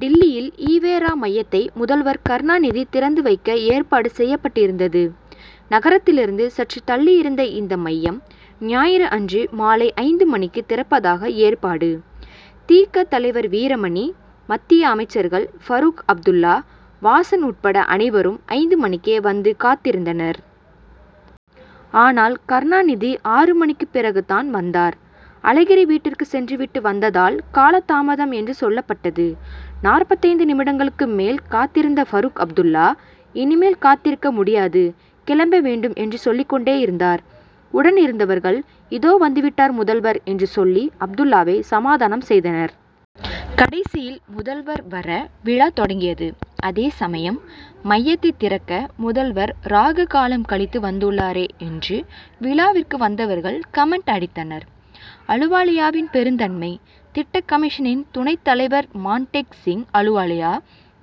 டில்லியில் ஈ. வே. ரா., மையத்தை முதல்வர் கருணாநிதி திறந்து வைக்க ஏற்பாடு செய்யப்பட்டிருந்தது. நகரத்திலிருந்து சற்று தள்ளியிருந்த இந்த மையம், ஞாயிறு அன்று மாலை ஐந்து மணிக்கு திறப்பதாக ஏற்பாடு. தி. க., தலைவர் வீரமணி, மத்திய அமைச்சர்கள் பரூக் அப்துல்லா, வாசன் உட்பட அனைவரும் ஐந்து மணிக்கே வந்து காத்திருந்தனர். ஆனால், கருணாநிதி ஆறு மணிக்குப் பிறகு தான் வந்தார். அழகிரி வீட்டிற்கு சென்று விட்டு வந்ததால் கால தாமதம் என்று சொல்லப்பட் டது. நாற்பத்தைந்து நிமிடங்களுக்கு மேல் காத்திருந்த பரூக் அப்துல்லா, 'இனிமேல் காத்திருக்க முடியாது, கிளம்ப வேண்டும்' என்று சொல்லிக் கொண்டேயிருந்தார். உடன் இருந்தவர்கள், இதோ வந்துவிட்டார் முதல்வர் என்று சொல்லி அப்துல்லாவை சமாதானம் செய்தனர். கடைசியில் முதல்வர் வர, விழா தொடங்கியது. அதே சமயம், மையத்தைத் திறக்க முதல்வர் ராகு காலம் கழித்து வந்துள்ளாரே என்று விழாவிற்கு வந்திருந்தவர்கள் கமென்ட் அடித்தனர். அலுவாலியாவின் பெருந்தன்மை: திட்டக் கமிஷனின் துணைத் தலைவர் மான்டேக் சிங் அலுவாலியா.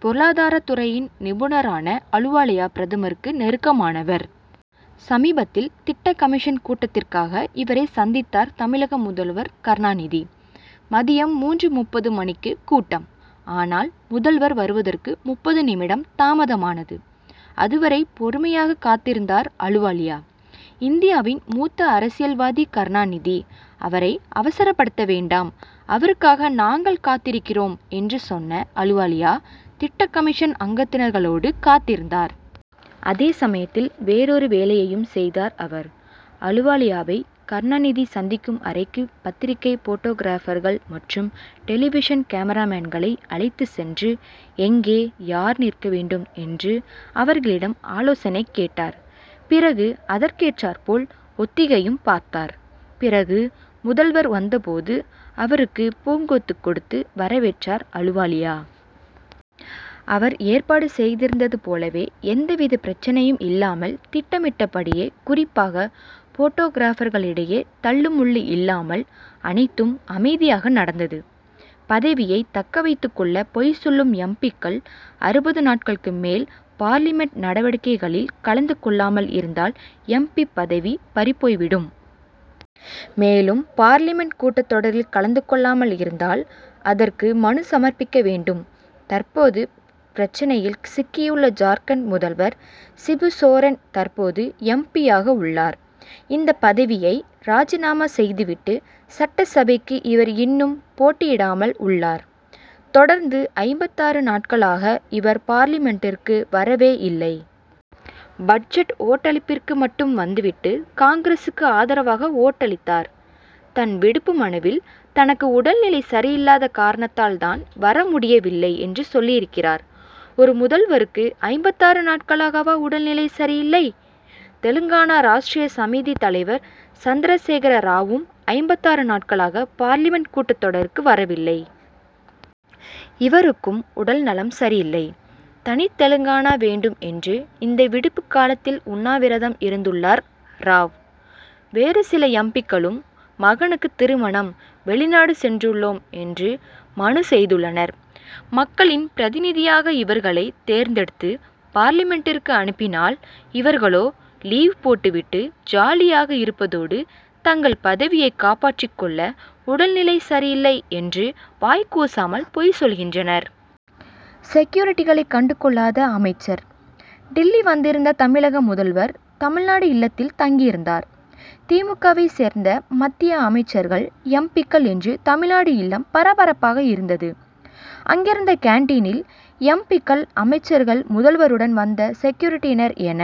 பொருளாதாரத் துறையின் நிபுணரான அலுவாலியா, பிரதமருக்கு நெருக்கமானவர். சமீபத்தில், திட்டக் கமிஷன் கூட்டத்திற்காக இவரை சந்தித்தார் தமிழக முதல்வர் கருணாநிதி. மதியம் மூன்று.முப்பது மணிக்கு கூட்டம். ஆனால், முதல்வர் வருவதற்கு முப்பது நிமிடம் தாமதமானது. அதுவரை பொறுமையாக காத்திருந்தார் அலுவாலியா. 'இந்தியாவின் மூத்த அரசியல்வாதி கருணாநிதி, அவரை அவசரப்படுத்த வேண்டாம், அவருக்காக நாங்கள் காத்திருக்கிறோம்' என்று சொன்ன அலுவாலியா, திட்டக்கமிஷன் அங்கத்தினர்களோடு காத்திருந்தார். அந்த சமயத்தில் வேறொரு வேலையையும் செய்தார் அவர். அலுவாலியாவை கருணாநிதி சந்திக்கும் அறைக்கு பத்திரிகை போட்டோகிராபர்கள் மற்றும் டெலிவிஷன் கேமராமேன்களை அழைத்துச் சென்று, எங்கே, யார் நிற்க வேண்டும்' என்று அவர்களிடம் ஆலோசனை கேட்டார். பிறகு அதற்கேற்றாற்போல் ஒத்திகையும் பார்த்தார். பிறகு முதல்வர் வந்தபோது, அவருக்கு பூங்கொத்து கொடுத்து வரவேற்றார் அலுவாலியா. அவர் ஏற்பாடு செய்திருந்தது போலவே எந்தவித பிரச்னையும் இல்லாமல் திட்டமிட்டபடியே, குறிப்பாக போட்டோகிராபர்களிடையே தள்ளுமுள்ளு இல்லாமல், அனைத்தும் அமைதியாக நடந்தது. பதவியை தக்கவைத்துக் கொள்ள பொய் சொல்லும் எம். பி.,க்கள்: அறுபது நாட்களுக்கு மேல் பார்லிமென்ட் நடவடிக்கைகளில் கலந்து கொள்ளாமல் இருந்தால் எம். பி., பதவி பறிபோய்விடும். மேலும், பார்லிமென்ட் கூட்டத் தொடரில் கலந்து கொள்ளாமல் இருந்தால், அதற்கு மனு சமர்ப்பிக்க வேண்டும். தற்போது பிரச்னையில், சிக்கியுள்ள ஜார்க்கண்ட் முதல்வர் சிபு சோரன் தற்போது எம். பி.,யாக உள்ளார். இந்த பதவியை ராஜினாமா செய்துவிட்டு, சட்டசபைக்கு இவர் இன்னும் போட்டியிடாமல் உள்ளார். தொடர்ந்து ஐம்பத்தாறு நாட்களாக இவர் பார்லிமென்டிற்கு வரவே இல்லை. பட்ஜெட் ஓட்டளிப்பிற்கு மட்டும் வந்துவிட்டு காங்கிரசுக்கு ஆதரவாக ஓட்டளித்தார். தன் விடுப்பு மனுவில், தனக்கு உடல்நிலை சரியில்லாத காரணத் தால் வரமுடியவில்லை என்று சொல்லியிருக்கிறார். ஒரு முதல்வருக்கு ஐம்பத்தாறு நாட்களாகவா உடல்நிலை சரியில்லை? தெலுங்கானா ராஷ்ட்ரிய சமிதி தலைவர் சந்திரசேகர ராவும் ஐம்பத்தாறு நாட்களாக பார்லிமென்ட் கூட்டத் தொடருக்கு வரவில்லை. இவருக்கும் உடல்நலம் சரியில்லை. தனி தெலுங்கானா வேண்டும் என்று இந்த விடுப்பு காலத்தில் உண்ணாவிரதம் இருந்துள்ளார் ராவ். வேறு சில எம். பி.,க்களும், மகனுக்கு திருமணம் வெளிநாடு சென்றுள்ளோம் என்று மனு செய்துள்ளனர். மக்களின் பிரதிநிதியாக இவர்களை தேர்ந்தெடுத்து, பார்லிமென்டிற்கு அனுப்பினால், இவர்களோ லீவ் போட்டுவிட்டு ஜாலியாக இருப்பதோடு, தங்கள் பதவியை காப்பாற்றிக் கொள்ள உடல்நிலை சரியில்லை என்று வாய் கூசாமல் பொய் சொல்கின்றனர். செக்யூரிட்டிகளை கண்டுகொள்ளாத அமைச்சர்: டில்லி வந்திருந்த தமிழக முதல்வர், தமிழ்நாடு இல்லத்தில் தங்கியிருந்தார். தி. மு. க.,வைச் சேர்ந்த மத்திய அமைச்சர்கள், எம். பி.,க்கள் என்று தமிழ்நாடு இல்லம் பரபரப்பாக இருந்தது. அங்கிருந்த கேன்டீனில் எம். பி.,க்கள், அமைச்சர்கள், முதல்வருடன் வந்த செக்யூரிட்டியினர் என